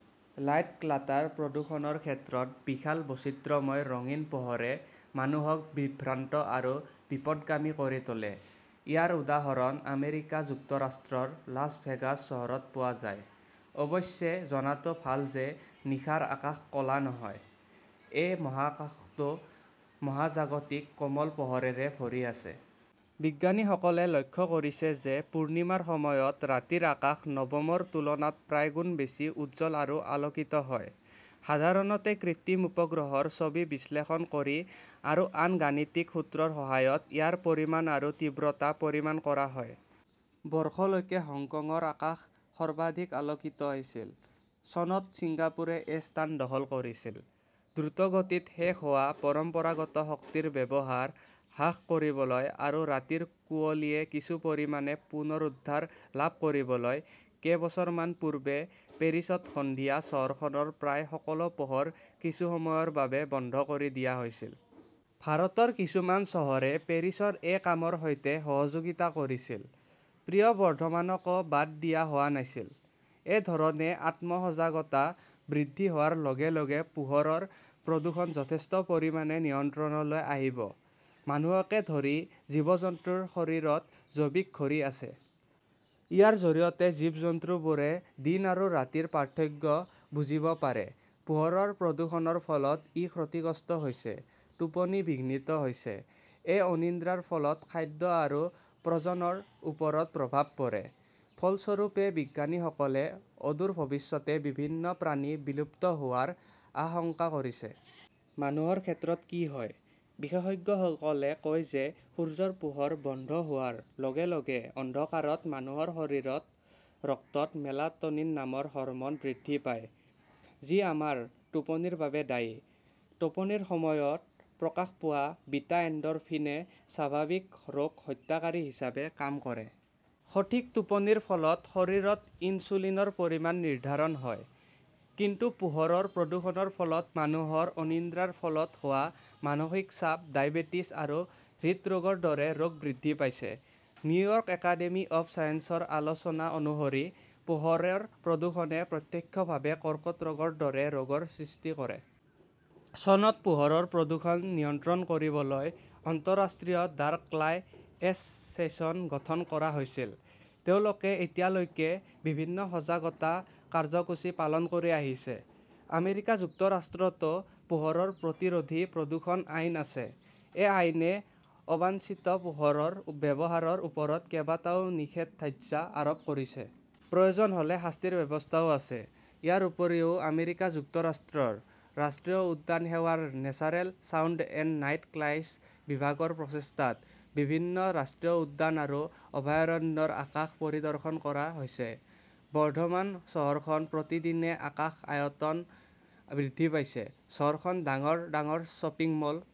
'Light clutter "প্ৰদূষণৰ ক্ষেত্ৰত বিশাল বৈচিত্ৰ্যময় ৰঙীন পোহৰে মানুহক বিভ্ৰান্ত আৰু বিপথগামী কৰি তোলে। ইয়াৰ উদাহৰণ আমেৰিকা যুক্তৰাষ্ট্ৰৰ লাছ ভেগাছ চহৰত পোৱা যায়। অৱশ্যে, জনাটো ভাল যে নিশাৰ আকাশ ক 'লা নহয়। এই মহাকাশটো মহাজাগতিক কোমল পোহৰেৰে ভৰি আছে। বিজ্ঞানীসকলে লক্ষ্য কৰিছে যে পূৰ্ণিমাৰ সময়ত ৰাতিৰ আকাশ নৱমৰ তুলনাত প্ৰায় গুণ বেছি উজ্জ্বল আৰু আলোকিত হয়। সাধাৰণতে কৃত্ৰিম উপগ্ৰহৰ ছবি বিশ্লেষণ কৰি আৰু আন গাণিতিক সূত্ৰৰ সহায়ত ইয়াৰ পৰিমাপ আৰু তীব্ৰতা পৰিমাপ কৰা হয়। -' বৰ্ষলৈকে হংকংৰ আকাশ সৰ্বাধিক আলোকিত আছিল। চনত ছিংগাপুৰে এই স্থান দখল কৰিছিল। দ্ৰুতগতিত শেষ হোৱা পৰম্পৰাগত শক্তিৰ ব্যৱহাৰ হ্ৰাস কৰিবলৈ আৰু ৰাতিৰ কুঁৱলীয়ে কিছু পৰিমাণে পুনৰুদ্ধাৰ লাভ কৰিবলৈ কেইবছৰমান পূৰ্বে পেৰিছত সন্ধিয়া চহৰখনৰ প্ৰায় সকলো পোহৰ কিছু সময়ৰ বাবে বন্ধ কৰি দিয়া হৈছিল। ভাৰতৰ কিছুমান চহৰে পেৰিছৰ এই কামৰ সৈতে সহযোগিতা কৰিছিল। প্ৰিয় বৰ্ধমানকো বাদ দিয়া হোৱা নাছিল। এই ধৰণে আত্ম-সজাগতা বৃদ্ধি হোৱাৰ লগে লগে পোহৰৰ প্ৰদূষণ যথেষ্ট পৰিমাণে নিয়ন্ত্ৰণলৈ আহিব। মানুহকে ধৰি জীৱ-জন্তুৰ শৰীৰত 'জৈৱিক ঘড়ী "আছে। ইয়াৰ জৰিয়তে জীৱ-জন্তুবোৰে দিন আৰু ৰাতিৰ পাৰ্থক্য বুজিব পাৰে। পোহৰৰ প্ৰদূষণৰ ফলত ই ক্ষতিগ্ৰস্ত হৈছে। টোপনি বিঘ্নিত হৈছে। এই অনিদ্ৰাৰ ফলত খাদ্য আৰু প্ৰজননৰ ওপৰত প্ৰভাৱ পৰে। ফলস্বৰূপে, বিজ্ঞানীসকলে অদূৰ ভৱিষ্যতে বিভিন্ন প্ৰাণী বিলুপ্ত হোৱাৰ আশংকা কৰিছে। মানুহৰ ক্ষেত্ৰত কি হয়? বিশেষজ্ঞসকলে কয় যে সূৰ্যৰ পোহৰ বন্ধ হোৱাৰ লগে লগে অন্ধকাৰত মানুহৰ শৰীৰত ৰক্তত 'মেলাটোনিন "নামৰ হৰম" ন বৃদ্ধি পায়। যি আমাৰ টোপনিৰ বাবে দায়ী। টোপনিৰ সময়ত প্ৰকাশ পোৱা 'বিটা এণ্ডৰফিন "-এ স্বাভাৱিক' ৰোগ হত্যাকাৰী" হিচাপে কাম কৰে। সঠিক টোপনিৰ ফলত শৰীৰত ইনচুলিনৰ পৰিমাণ নিৰ্ধাৰণ হয়। কিন্তু পোহৰৰ প্ৰদূষণৰ ফলত মানুহৰ অনিদ্ৰাৰ ফলত হোৱা মানসিক চাপ, ডায়েবেটিছ আৰু হৃদৰোগৰ দৰে ৰোগ বৃদ্ধি পাইছে। নিউয়ৰ্ক একাডেমী অৱ ছায়েন্সৰ আলোচনা অনুসৰি, পোহৰৰ প্ৰদূষণে প্ৰত্যক্ষভাৱে কৰ্কট ৰোগৰ দৰে ৰোগৰ সৃষ্টি কৰে। চনত পোহৰৰ প্ৰদূষণ নিয়ন্ত্ৰণ কৰিবলৈ আন্তঃৰাষ্ট্ৰীয় ডাৰ্ক স্কাই এছ "চিয়েশ্যন গঠন কৰা হৈছিল। তেওঁলোকে এতিয়ালৈকে বিভিন্ন সজাগতা কাৰ্যসূচী পালন কৰি আহিছে। আমেৰিকা যুক্তৰাষ্ট্ৰতো পোহৰৰ প্ৰতিৰোধী প্ৰদূষণ আইন আছে। এই আইনে অবাঞ্ছিত পোহৰৰ ব্যৱহাৰৰ ওপৰত কেইবাটাও নিষেধাজ্ঞা আৰোপ কৰিছে। প্ৰয়োজন হ "লে শাস্তিৰ ব্যৱস্থাও আছে। ইয়াৰ উপৰিও আমেৰিকা যুক্তৰাষ্ট্ৰৰ ৰাষ্ট্ৰীয় উদ্যান সেৱাৰ natural sound and night skies বিভাগৰ প্ৰচেষ্টাত বিভিন্ন ৰাষ্ট্ৰীয় উদ্যান আৰু অভয়াৰণ্যৰ আকাশ পৰিদৰ্শন কৰা হৈছে। বৰ্ধমান চহৰখন প্ৰতিদিনে আকাৰ, আয়তন বৃদ্ধি পাইছে। চহৰখন ডাঙৰ ডাঙৰ শ্বপিং মল,